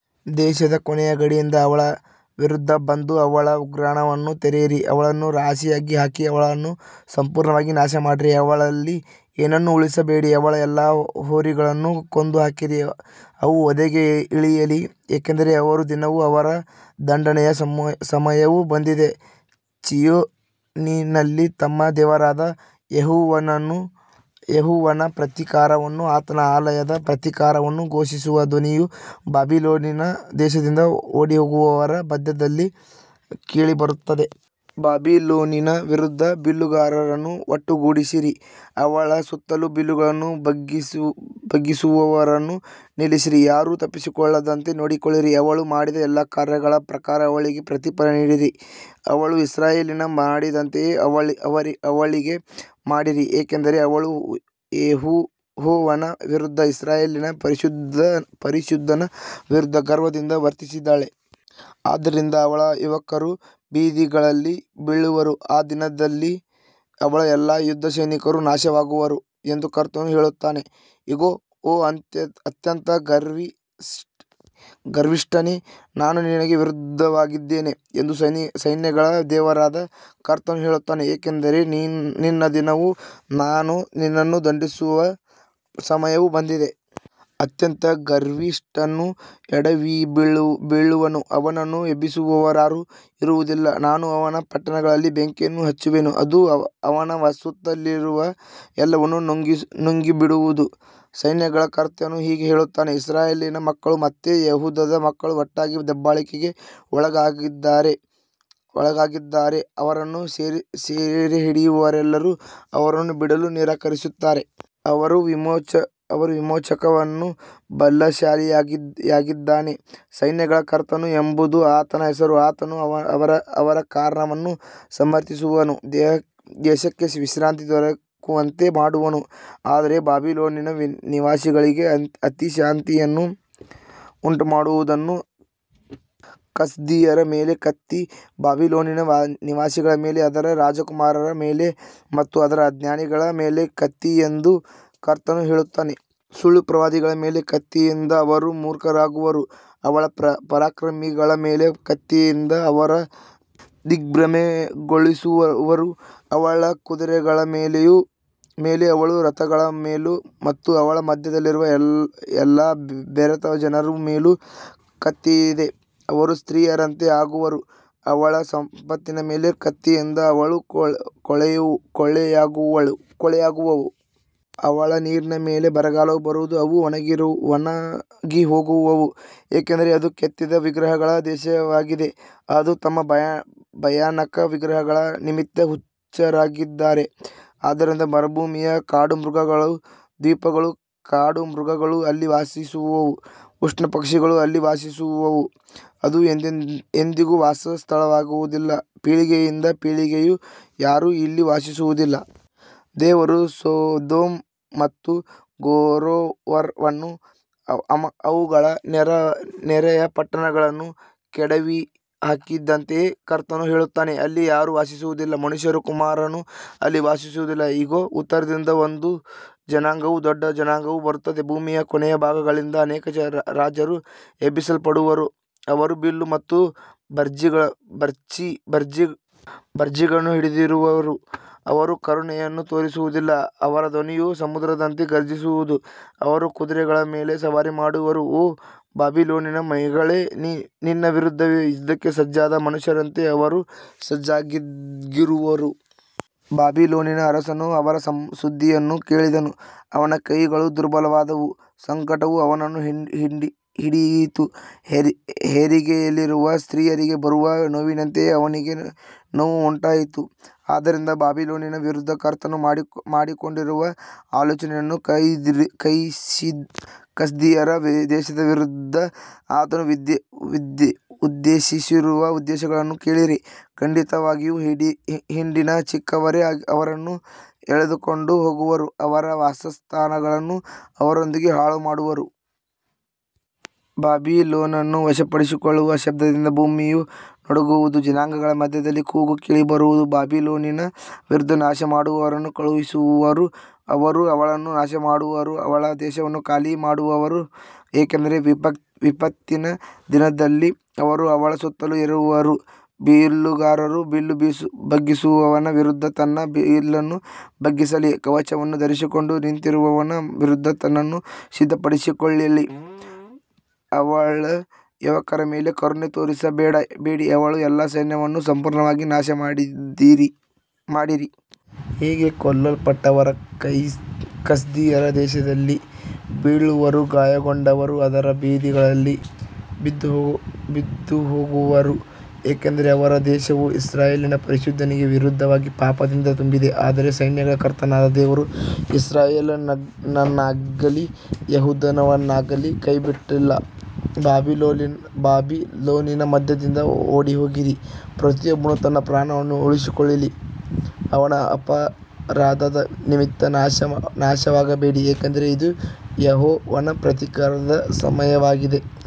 ದೇಶದ ಕೊನೆಯ ಗಡಿಯಿಂದ ಅವಳ ವಿರುದ್ಧ ಬಂದು ಅವಳ ಉಗ್ರಾಣಗಳನ್ನು ತೆರೆಯಿರಿ, ಅವಳನ್ನು ರಾಶಿಯಾಗಿ ಹಾಕಿ, ಅವಳನ್ನು ಸಂಪೂರ್ಣವಾಗಿ ನಾಶಮಾಡಿರಿ, ಅವಳಲ್ಲಿ ಏನನ್ನೂ ಉಳಿಸಬೇಡಿ. ಅವಳ ಎಲ್ಲಾ ಹೋರಿಗಳನ್ನು ಕೊಂದುಹಾಕಿರಿ, ಅವು ವಧೆಗೆ ಇಳಿಯಲಿ, ಏಕೆಂದರೆ ಅವರ ದಿನವೂ ಅವರ ದಂಡನೆಯ ಸಮಯವೂ ಬಂದಿದೆ. ಚೀಯೋನಿನಲ್ಲಿ ನಮ್ಮ ದೇವರಾದ ಯೆಹೋವನ ಪ್ರತೀಕಾರವನ್ನೂ ಆತನ ಆಲಯದ ಪ್ರತೀಕಾರವನ್ನೂ ಘೋಷಿಸುವ ಧ್ವನಿಯು ಬಾಬಿಲೋನಿನ ದೇಶದಿಂದ ಓಡಿಹೋಗುವವರ ಮಧ್ಯದಲ್ಲಿ ಕೇಳಿಬರುತ್ತದೆ. ಬಾಬಿಲೋನಿನ ವಿರುದ್ಧ ಬಿಲ್ಲುಗಾರರನ್ನು ಒಟ್ಟುಗೂಡಿಸಿರಿ, ಅವಳ ಸುತ್ತಲೂ ಬಿಲ್ಲುಗಳನ್ನು ಬಗ್ಗಿಸುವವರನ್ನು ನಿಲ್ಲಿಸಿರಿ, ಯಾರೂ ತಪ್ಪಿಸಿಕೊಳ್ಳದಂತೆ ನೋಡಿಕೊಳ್ಳಿರಿ, ಅವಳು ಮಾಡಿದ ಎಲ್ಲಾ ಕಾರ್ಯಗಳ ಪ್ರಕಾರ ಅವಳಿಗೆ ಪ್ರತಿಫಲ ನೀಡಿರಿ, ಅವಳು ಇಸ್ರಾಯೇಲಿಗೆ ಮಾಡಿದಂತೆಯೇ ಅವಳಿಗೆ ಮಾಡಿರಿ, ಏಕೆಂದರೆ ಅವಳು ಯೆಹೋವನ ವಿರುದ್ಧ, ಇಸ್ರಾಯೇಲಿನ ಪರಿಶುದ್ಧನ ವಿರುದ್ಧ ಗರ್ವದಿಂದ ವರ್ತಿಸಿದ್ದಾಳೆ. ಆದ್ದರಿಂದ ಅವಳ ಯುವಕರು ಬೀದಿಗಳಲ್ಲಿ ಬೀಳುವರು, ಆ ದಿನದಲ್ಲಿ ಅವಳ ಎಲ್ಲಾ ಯುದ್ಧಸೈನಿಕರು ನಾಶವಾಗುವರು ಎಂದು ಕರ್ತನು ಹೇಳುತ್ತಾನೆ. ಇಗೋ, ಓ ಅತ್ಯಂತ ಗರ್ವಿಷ್ಠನೇ, ನಾನು ನಿನಗೆ ವಿರುದ್ಧವಾಗಿದ್ದೇನೆ ಎಂದು ಸೈನ್ಯಗಳ ದೇವರಾದ ಕರ್ತನು ಹೇಳುತ್ತಾನೆ, ಏಕೆಂದರೆ ನಿನ್ನ ದಿನವೂ ನಾನು ನಿನ್ನನ್ನು ದಂಡಿಸುವ ಸಮಯವೂ ಬಂದಿದೆ. ಅತ್ಯಂತ ಗರ್ವಿಷ್ಠನು ಎಡವಿಬೀಳುವನು, ಅವನನ್ನು ಎಬ್ಬಿಸುವವರಾರು ಇರುವುದಿಲ್ಲ, ನಾನು ಅವನ ಪಟ್ಟಣಗಳಲ್ಲಿ ಬೆಂಕಿಯನ್ನು ಹಚ್ಚುವೆನು, ಅದು ಅವನ ಸುತ್ತಲಿರುವ ಎಲ್ಲವನ್ನೂ ನುಂಗಿಬಿಡುವುದು. ಸೈನ್ಯಗಳ ಕರ್ತನು ಹೀಗೆ ಹೇಳುತ್ತಾನೆ, ಇಸ್ರಾಯೇಲಿನ ಮಕ್ಕಳು ಮತ್ತು ಯೆಹೂದದ ಮಕ್ಕಳು ಒಟ್ಟಾಗಿ ದಬ್ಬಾಳಿಕೆಗೆ ಒಳಗಾಗಿದ್ದಾರೆ, ಅವರನ್ನು ಸೆರೆಹಿಡಿದವರೆಲ್ಲರೂ ಅವರನ್ನು ಬಿಡಲು ನಿರಾಕರಿಸುತ್ತಾರೆ. ಅವರ ವಿಮೋಚಕನು ಬಲಶಾಲಿಯಾಗಿದ್ದಾನೆ, ಸೈನ್ಯಗಳ ಕರ್ತನು ಎಂಬುದು ಆತನ ಹೆಸರು, ಆತನು ಅವರ ಕಾರಣವನ್ನು ಸಮರ್ಥಿಸುವನು, ದೇಶಕ್ಕೆ ವಿಶ್ರಾಂತಿ ದೊರಕುವಂತೆ ಮಾಡುವನು, ಆದರೆ ಬಾಬಿಲೋನಿನ ನಿವಾಸಿಗಳಿಗೆ ಅಶಾಂತಿಯನ್ನು ಉಂಟುಮಾಡುವನು. ಕಸ್ದೀಯರ ಮೇಲೆ ಕತ್ತಿ, ಬಾಬಿಲೋನಿನ ನಿವಾಸಿಗಳ ಮೇಲೆ, ಅದರ ರಾಜಕುಮಾರರ ಮೇಲೆ ಮತ್ತು ಅದರ ಜ್ಞಾನಿಗಳ ಮೇಲೆ ಕತ್ತಿ ಎಂದು ಕರ್ತನು ಹೇಳುತ್ತಾನೆ. ಸುಳ್ಳು ಪ್ರವಾದಿಗಳ ಮೇಲೆ ಕತ್ತಿಯಿದೆ, ಅವರು ಮೂರ್ಖರಾಗುವರು. ಅವಳ ಪರಾಕ್ರಮಿಗಳ ಮೇಲೆ ಕತ್ತಿಯಿದೆ, ಅವರು ದಿಗ್ಭ್ರಮೆಗೊಳ್ಳುವರು. ಅವಳ ಕುದುರೆಗಳ ಮೇಲೂ ಅವಳ ರಥಗಳ ಮೇಲೂ ಮತ್ತು ಅವಳ ಮಧ್ಯದಲ್ಲಿರುವ ಎಲ್ಲಾ ಬೆರೆತ ಜನರ ಮೇಲೂ ಕತ್ತಿಯಿದೆ, ಅವರು ಸ್ತ್ರೀಯರಂತೆ ಆಗುವರು. ಅವಳ ಸಂಪತ್ತಿನ ಮೇಲೆ ಕತ್ತಿಯಿದೆ, ಅವು ಕೊಳ್ಳೆಯಾಗುವವು. ಅವಳ ನೀರಿನ ಮೇಲೆ ಬರಗಾಲವು ಬರುವುದು, ಅವು ಒಣಗಿಹೋಗುವವು, ಏಕೆಂದರೆ ಅದು ಕೆತ್ತಿದ ವಿಗ್ರಹಗಳ ದೇಶವಾಗಿದೆ, ಅವರು ತಮ್ಮ ಭಯಾನಕ ವಿಗ್ರಹಗಳ ನಿಮಿತ್ತ ಹುಚ್ಚರಾಗಿದ್ದಾರೆ. ಆದ್ದರಿಂದ ಮರುಭೂಮಿಯ ಕಾಡುಮೃಗಗಳೂ ದ್ವೀಪಗಳ ಕಾಡುಮೃಗಗಳೂ ಅಲ್ಲಿ ವಾಸಿಸುವವು, ಉಷ್ಟ್ರಪಕ್ಷಿಗಳೂ ಅಲ್ಲಿ ವಾಸಿಸುವವು, ಅದು ಎಂದಿಗೂ ವಾಸಸ್ಥಳವಾಗುವುದಿಲ್ಲ, ಪೀಳಿಗೆಯಿಂದ ಪೀಳಿಗೆಗೂ ಯಾರೂ ಅಲ್ಲಿ ವಾಸಿಸುವುದಿಲ್ಲ. ದೇವರು ಸೊದೋಮ್ ಮತ್ತು ಗೊಮೋರವನ್ನೂ ಅವುಗಳ ನೆರೆಯ ಪಟ್ಟಣಗಳನ್ನೂ ಕೆಡವಿಹಾಕಿದಂತೆಯೇ ಕರ್ತನು ಹೇಳುತ್ತಾನೆ, ಅಲ್ಲಿ ಯಾರೂ ವಾಸಿಸುವುದಿಲ್ಲ, ಮನುಷ್ಯಕುಮಾರನೂ ಅಲ್ಲಿ ವಾಸಿಸುವುದಿಲ್ಲ. ಇಗೋ, ಉತ್ತರದಿಂದ ಒಂದು ಜನಾಂಗವೂ ದೊಡ್ಡ ಜನಾಂಗವೂ ಬರುತ್ತವೆ, ಭೂಮಿಯ ಕೊನೆಯ ಭಾಗಗಳಿಂದ ಅನೇಕ ರಾಜರು ಎಬ್ಬಿಸಲ್ಪಡುವರು. ಅವರು ಬಿಲ್ಲು ಮತ್ತು ಭರ್ಜಿಗಳನ್ನು ಹಿಡಿದಿರುವರು, ಅವರು ಕರುಣೆಯನ್ನು ತೋರಿಸುವುದಿಲ್ಲ, ಅವರ ಧ್ವನಿಯು ಸಮುದ್ರದಂತೆ ಘರ್ಜಿಸುವುದು, ಅವರು ಕುದುರೆಗಳ ಮೇಲೆ ಸವಾರಿ ಮಾಡುವರು, ಓ ಬಾಬಿಲೋನಿನ ಮಗಳೇ, ನಿನ್ನ ವಿರುದ್ಧ ಯುದ್ಧಕ್ಕೆ ಸಜ್ಜಾದ ಮನುಷ್ಯರಂತೆ ಅವರು ಸಜ್ಜಾಗಿರುವರು. ಬಾಬಿಲೋನಿನ ಅರಸನು ಅವರ ಸುದ್ದಿಯನ್ನು ಕೇಳಿದನು, ಅವನ ಕೈಗಳು ದುರ್ಬಲವಾದವು, ಸಂಕಟವು ಅವನನ್ನು ಹಿಡಿಯಿತು, ಹೆರಿಗೆಯಲ್ಲಿರುವ ಸ್ತ್ರೀಯಿಗೆ ಬರುವ ನೋವಿನಂತೆಯೇ ಅವನಿಗೆ ನೋವು ಉಂಟಾಯಿತು. ಆದ್ದರಿಂದ ಬಾಬಿಲೋನಿನ ವಿರುದ್ಧ ಕರ್ತನು ಮಾಡಿಕೊಂಡಿರುವ ಆಲೋಚನೆಯನ್ನೂ ಕಸ್ದೀಯರ ದೇಶದ ವಿರುದ್ಧ ಆತನು ಉದ್ದೇಶಿಸಿರುವ ಉದ್ದೇಶಗಳನ್ನೂ ಕೇಳಿರಿ, ಖಂಡಿತವಾಗಿಯೂ ಹಿಂಡಿನ ಚಿಕ್ಕವರೇ ಅವರನ್ನು ಎಳೆದುಕೊಂಡು ಹೋಗುವರು, ಅವರ ವಾಸಸ್ಥಾನಗಳನ್ನು ಅವರೊಂದಿಗೆ ಹಾಳುಮಾಡುವರು. ಬಾಬಿಲೋನನ್ನು ವಶಪಡಿಸಿಕೊಳ್ಳುವ ಶಬ್ದದಿಂದ ಭೂಮಿಯು ನಡುಗುವುದು, ಜನಾಂಗಗಳ ಮಧ್ಯದಲ್ಲಿ ಕೂಗು ಕೇಳಿಬರುವುದು. ಬಾಬಿಲೋನಿನ ವಿರುದ್ಧ ನಾಶಮಾಡುವವರನ್ನು ಕಳುಹಿಸುವರು, ಅವರು ಅವಳನ್ನು ನಾಶಮಾಡುವರು, ಅವಳ ದೇಶವನ್ನು ಖಾಲಿಮಾಡುವರು, ಏಕೆಂದರೆ ವಿಪತ್ತಿನ ದಿನದಲ್ಲಿ ಅವರು ಅವಳ ಸುತ್ತಲೂ ಇರುವರು. ಬಿಲ್ಲುಗಾರನು ಬಿಲ್ಲು ಬಗ್ಗಿಸುವವನ ವಿರುದ್ಧ ತನ್ನ ಬಿಲ್ಲನ್ನು ಬಗ್ಗಿಸಲಿ, ಕವಚವನ್ನು ಧರಿಸಿಕೊಂಡು ನಿಂತಿರುವವನ ವಿರುದ್ಧ ತನ್ನನ್ನು ಸಿದ್ಧಪಡಿಸಿಕೊಳ್ಳಲಿ, ಅವಳ ಯುವಕರ ಮೇಲೆ ಕರುಣೆ ತೋರಿಸಬೇಡಿ, ಅವಳ ಎಲ್ಲಾ ಸೈನ್ಯವನ್ನು ಸಂಪೂರ್ಣವಾಗಿ ನಾಶಮಾಡಿರಿ. ಹೀಗೆ ಕೊಲ್ಲಲ್ಪಟ್ಟವರು ಕಸ್ದೀಯರ ದೇಶದಲ್ಲಿ ಬೀಳುವರು, ಗಾಯಗೊಂಡವರು ಅದರ ಬೀದಿಗಳಲ್ಲಿ ಬಿದ್ದುಹೋಗುವರು, ಏಕೆಂದರೆ ಅವರ ದೇಶವು ಇಸ್ರಾಯೇಲಿನ ಪರಿಶುದ್ಧನಿಗೆ ವಿರುದ್ಧವಾಗಿ ಪಾಪದಿಂದ ತುಂಬಿದೆ. ಆದರೆ ಸೈನ್ಯಗಳ ಕರ್ತನಾದ ದೇವರು ಇಸ್ರಾಯೇಲನ್ನಾಗಲಿ ಯೆಹೂದವನ್ನಾಗಲಿ ಕೈಬಿಟ್ಟಿಲ್ಲ. ಬಾಬಿಲೋನಿನ ಮಧ್ಯದಿಂದ ಓಡಿಹೋಗಿರಿ, ಪ್ರತಿಯೊಬ್ಬನು ತನ್ನ ಪ್ರಾಣವನ್ನು ಉಳಿಸಿಕೊಳ್ಳಲಿ, ಅವಳ ಅಪರಾಧದ ನಿಮಿತ್ತ ನಾಶವಾಗಬೇಡಿ, ಏಕೆಂದರೆ ಇದು ಯೆಹೋವನ ಪ್ರತೀಕಾರದ ಸಮಯವಾಗಿದೆ.